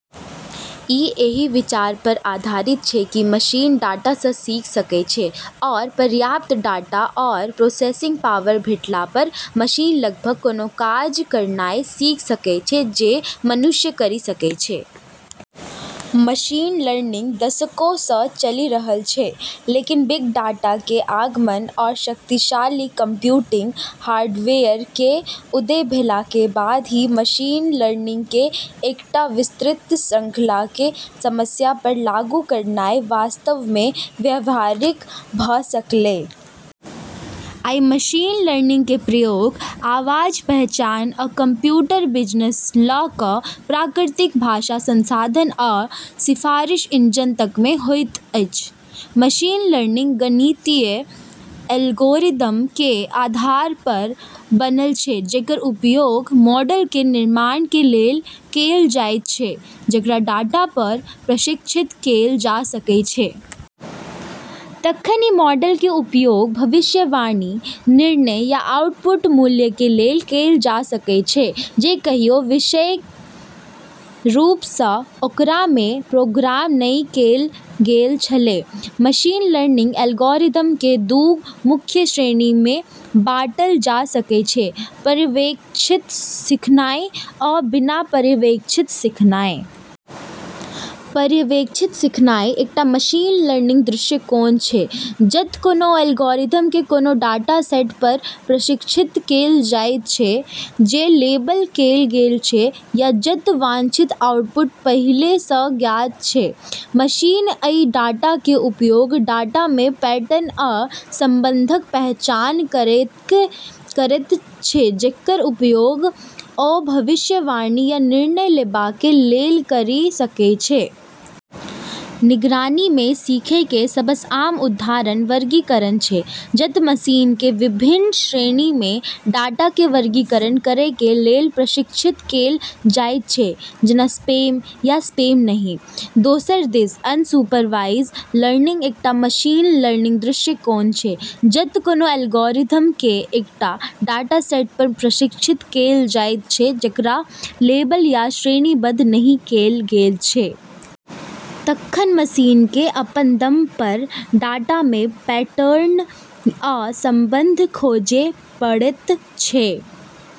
ई एहि विचार पर आधारित छै कि मशीन डाटासँ सीख सकै छै, आओर पर्याप्त डाटा आओर प्रोसेसिंग पावर भेटला पर मशीन लगभग कोनो काज करनाइ सीख सकै छै जे मनुष्य करि सकै छै। मशीन लर्निंग दशकोंसँ चलि रहल छै, लेकिन बिग डाटा केर आगमन आओर शक्तिशाली कंप्यूटिंग हार्डवेयर केर उदय भेलाके बाद ही मशीन लर्निंगके एकटा विस्तृत श्रृंखलाके समस्या पर लागू करनाइ वास्तवमे व्यावहारिक भ' सकलै । आइ मशीन लर्निंग के प्रयोग आवाज़ पहचान आ कम्प्यूटर विजनसँ ल' क' प्राकृतिक भाषा संसाधन आ सिफारिश इंजन तकमे होइत अछि। मशीन लर्निंग गणितीय एल्गोरिदमके आधार पर बनल छै जेकर उपयोग मॉडलके निर्माणके लेल कैल जाइत छै जेकरा डाटा पर प्रशिक्षित कैल जा सकै छै। तखन ई मॉडलके उपयोग भविष्यवाणी, निर्णय या आउटपुट मूल्यके लेल कैल जा सकै छै जे कहियो विशेष रूपसँ ओकरामे प्रोग्राम नहि कैल गेल छलै। मशीन लर्निंग एल्गोरिदमके दू मुख्य श्रेणीमे बांटल जा सकै छै: पर्यवेक्षित सिखनाइ आ बिना पर्यवेक्षित सिखनाइ। पर्यवेक्षित सिखनाइ एकटा मशीन लर्निंग दृष्टिकोण छै जत' कोनो एल्गोरिदमके कोनो डाटासेट पर प्रशिक्षित कैल जायत छै जे लेबल कैल गेल छै, या जत' वांछित आउटपुट पहिले सँ ज्ञात छै। मशीन अइ डाटाके उपयोग डाटामे पैटर्न आ संबंधक पहचान करैके करैत छै जेकर उपयोग ओ भविष्यवाणी या निर्णय लेबाके लेल करि सकै छै। निगरानीमे सीखैके सबसँ आम उदाहरण वर्गीकरण छै, जत' मशीनके विभिन्न श्रेणीमे डाटाके वर्गीकरण करैके लेल प्रशिक्षित कैल जाइत छै, जेना स्पैम या स्पैम नहि। दोसर दिस, अनसुपरवाइज लर्निंग एकटा मशीन लर्निंग दृष्टिकोण छै जत' कोनो एल्गोरिदमके एकटा डाटासेट पर प्रशिक्षित कैल जाइत छै जेकरा लेबल या श्रेणीबद्ध नहि कैल गेल छै। तखन मशीनके अपन दम पर डाटामे पैटर्न आ संबंध खोजै पड़ैत छै।